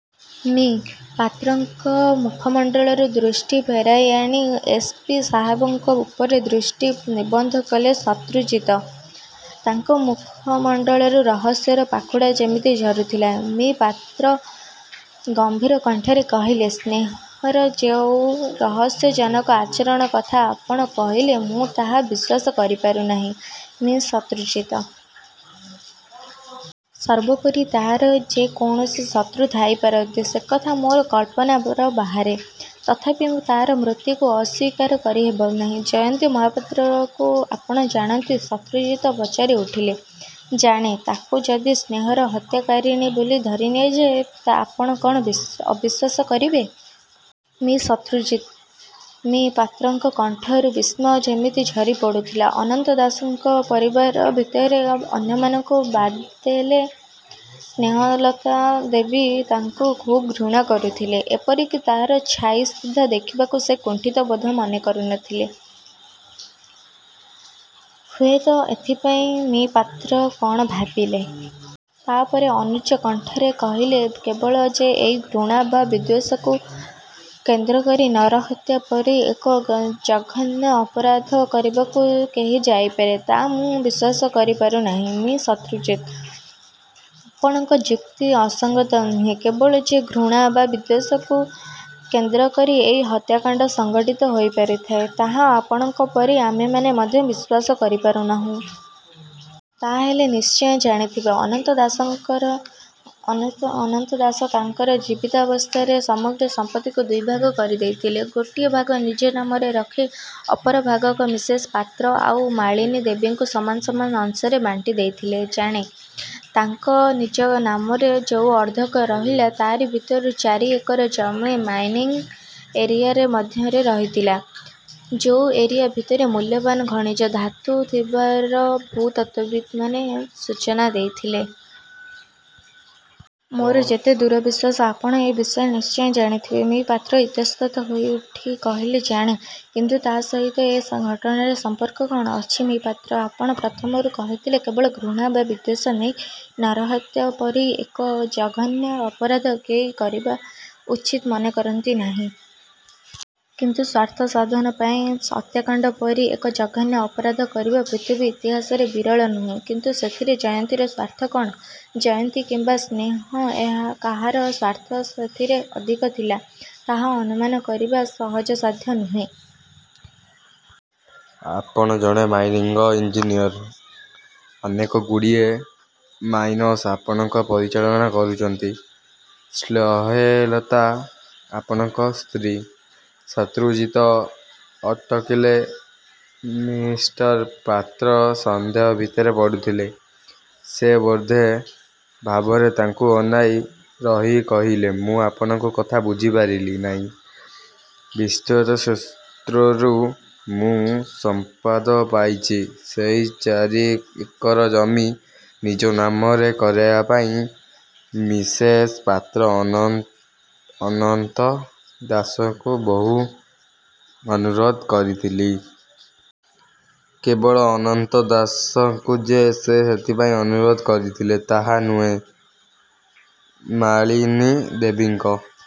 ' ମି: ପାତ୍ରଙ୍କ ମୁଖମଣ୍ଡଳରୁ ଦୃଷ୍ଟି ଫେରାଇଆଣି ଏସ୍. ପି. ସାହେବଙ୍କ ଉପରେ ଦୃଷ୍ଟି ନିବଦ୍ଧ କଲେ ଶତ୍ରୁଜିତ। ତାଙ୍କ ମୁଖମଣ୍ଡଳରୁ ରହସ୍ୟର ପାଖୁଡ଼ା ଯେମିତି ଝରୁଥିଲା। ମି:ପାତ୍ର ଗମ୍ଭୀର କଣ୍ଠରେ କହିଲେ, 'ସ୍ନେହର ଯୋଉ ରହସ୍ୟଜନକ ଆଚରଣ କଥା ଆପଣ କହିଲେ ମୁଁ ତାହା ବିଶ୍ୱାସ କରିପାରୁନାହିଁ, ମି:ଶତ୍ରୁଜିତ! ସର୍ବୋପରି ତା'ର ଯେ କୌଣସି ଶତ୍ରୁ ଥାଇପାରନ୍ତି ସେକଥା ମୋର କଳ୍ପନାର ବାହାରେ। ତଥାପି ତା'ର ମୃତ୍ୟୁକୁ ଅସ୍ୱୀକାର କରିହେବ ନାହିଁ। ' 'ଜୟନ୍ତୀ ମହାପାତ୍ରକୁ ଆପଣ ଜାଣନ୍ତି? ' ଶତ୍ରୁଜିତ ପଚାରି ଉଠିଲେ। 'ଜାଣେ। ' 'ତାକୁ ଯଦି ସ୍ନେହର ହତ୍ୟାକାରିଣୀ ବୋଲି ଧରିନିଆଯାଏ, ଆପଣ କ'ଣ ଅବିଶ୍ୱାସ କରିବେ? 'ମି:ଶତ୍ରୁଜିତ!! 'ମି:ପାତ୍ରଙ୍କ କଣ୍ଠରୁ ବିସ୍ମୟ ଯେମିତି ଝରିପଡ଼ୁଥିଲା। 'ଅନନ୍ତ ଦାସଙ୍କ ପରିବାର ଭିତରେ ଅନ୍ୟମାନଙ୍କୁ ବାଦ୍ଦେଲେ ସ୍ନେହଲତା ଦେବୀ ତାଙ୍କୁ ଖୁବ୍ ଘୃଣା କରୁଥିଲେ। ଏପରିକି ତାର ଛାଇ ସୁଦ୍ଧା ଦେଖିବାକୁ ସେ କୁଣ୍ଠିତ ବୋଧ ମନେ କରୁଥିଲେ। ହୁଏତ ଏଇଥିପାଇଁ. ' ମି:ପାତ୍ର କଣ ଭାବିଲେ। ତା'ପରେ ଅନୁଚ୍ଚ କଣ୍ଠରେ କହିଲେ, 'କେବଳ ଯେ ଏଇ ଘୃଣା ବା ବିଦ୍ୱେଷକୁ କେନ୍ଦ୍ର କରି ନରହତ୍ୟା ପରି ଏକ ଜଘନ୍ୟ ଅପରାଧ କରିବାକୁ କେହି ଯାଇପାରେ, ତା ମୁଁ ବିଶ୍ୱାସକରି ପାରୁନାହିଁ, ମି:ଶତ୍ରୁଜିତ! ' 'ଆପଣଙ୍କ ଯୁକ୍ତି ଅସଙ୍ଗତ ନୁହେଁ। କେବଳ ଯେ ଘୃଣା ବା ବିଦ୍ୱେଷକୁ କେନ୍ଦ୍ର କରି ଏଇ ହତ୍ୟାକାଣ୍ଡ ସଂଘଟିତ ହେଇପାରିଥାଏ, ତାହା ଆପଣଙ୍କ ପରି ଆମେମାନେ ମଧ୍ୟ ବିଶ୍ୱାସ କରିପାରୁନାହିଁ। ' 'ତା'ହେଲେ? ' 'ନିଶ୍ଚୟ ଜାଣିଥିବେ, ଅନନ୍ତ ଦାସ ତାଙ୍କର ଜୀବିତାବସ୍ଥାରେ ସମଗ୍ର ସମ୍ପତ୍ତିକୁ ଦୁଇଭାଗ କରିଦେଇଥିଲେ। ଗୋଟିଏ ଭାଗ ନିଜ ନାମରେ ରଖି ଅପର ଭାଗକ ମିସେସ ପାତ୍ର ଆଉ ମାଳିନୀ ଦେବୀଙ୍କୁ ସମାନ ସମାନ ଅଂଶରେ ବାଣ୍ଟିଦେଇଥିଲେ। ' 'ଜାଣେ। ' 'ତାଙ୍କ ନିଜ ନାମରେ ଯୋଉ ଅର୍ଦ୍ଧକ ରହିଲା ତା'ରି ଭିତରୁ ଚାରି ଏକର ଜମି ମାଇନିଂ ଏରିଆ ମଧ୍ୟରେ ରହିଥିଲା, ଯୋଉ ଏରିଆ ଭିତରେ ମୂଲ୍ୟବାନ ଖଣିଜ ଧାତୁ ଥିବାର ଭୂତତ୍ତ୍ୱବିତ୍ମାନେ ସୂଚନା ଦେଇଥିଲେ। ମୋର ଯେତେ ଦୂର ବିଶ୍ୱାସ, ଆପଣ ଏ ବିଷୟ ନିଶ୍ଚୟ ଜାଣିଥିବେ। 'ମି: ପାତ୍ର ଇତସ୍ତତଃ ହୋଇଉଠି କହିଲେ,'ଜାଣେ। କିନ୍ତୁ ତା ସହିତ ଏ ଘଟଣାରେ ସଂପର୍କ କ'ଣ? ' 'ଅଛି, ମି:ପାତ୍ର! ଆପଣ ପ୍ରଥମରୁ କହିଥିଲେ, କେବଳ ଘୃଣା ବା ବିଦ୍ୱେଷ ନେଇ ନରହତ୍ୟା ପରି ଏକ ଜଘନ୍ୟ ଅପରାଧ କେହି କରିବା ଉଚିତ ମନେକରନ୍ତି ନାହିଁ। କିନ୍ତୁ ସ୍ୱାର୍ଥସାଧନ ପାଇଁ ହତ୍ୟାକାଣ୍ଡ ପରି ଏକ ଜଘନ୍ୟ ଅପରାଧ କରିବା ପୃଥିବୀ ଇତିହାସରେ ବିରଳ ନୁହେଁ। ' କିନ୍ତୁ ସେଥିରେ ଜୟନ୍ତୀର ସ୍ୱାର୍ଥ କ'ଣ? ' 'ଜୟନ୍ତୀ କିମ୍ବା ସ୍ନେହ କାହାର ସ୍ୱାର୍ଥ ସେଥିରେ ଅଧିକ ଥିଲା ତାହା ଅନୁମାନ କରିବା ସହଜସାଧ୍ୟ ନୁହେଁ। ଆପଣ ଜଣେ ମାଇନିଙ୍ଗ ଇଞ୍ଜିନିଅର। ଅନେକଗୁଡ଼ିଏ ମାଇନସ ଆପଣ ପରିଚାଳନା କରୁଛନ୍ତି। ସ୍ନେହଲତା ଆପଣଙ୍କର ସ୍ତ୍ରୀ। ' ଶତ୍ରୁଜିତ ଅଟକିଲେ। ମି:ପାତ୍ର ସନ୍ଦେହ ଭିତରେ ପଡ଼ୁଥିଲେ। ସେ ଦୁର୍ବୋଧ୍ୟ ଭାବରେ ତାଙ୍କୁ ଅନାଇ। ରହି କହିଲେ, 'ମୁଁ ଆପଣଙ୍କ କଥା ବୁଝିପାରିଲି ନାହିଁ। ' 'ବିଶ୍ୱସ୍ତ ସୂତ୍ରରୁ ମୁଁ ସମ୍ବାଦ ପାଇଛି, ସେଇ ଚାରି ଏକର ଜମି ନିଜ ନାମରେ କରାଇନେବାପାଇଁ ମିସେସେ ପାତ୍ର ଅନନ୍ତ ଦାସଙ୍କୁ ବହୁ ଅନୁରୋଧ କରିଥିଲେ। କେବଳ ଅନନ୍ତ ଦାସଙ୍କୁ ଯେ ସେ ଏଥିପାଇଁ ଅନୁରୋଧ କରିଥିଲେ ତାହା ନୁହେଁ, ମାଳିନୀ ଦେବୀଙ୍କ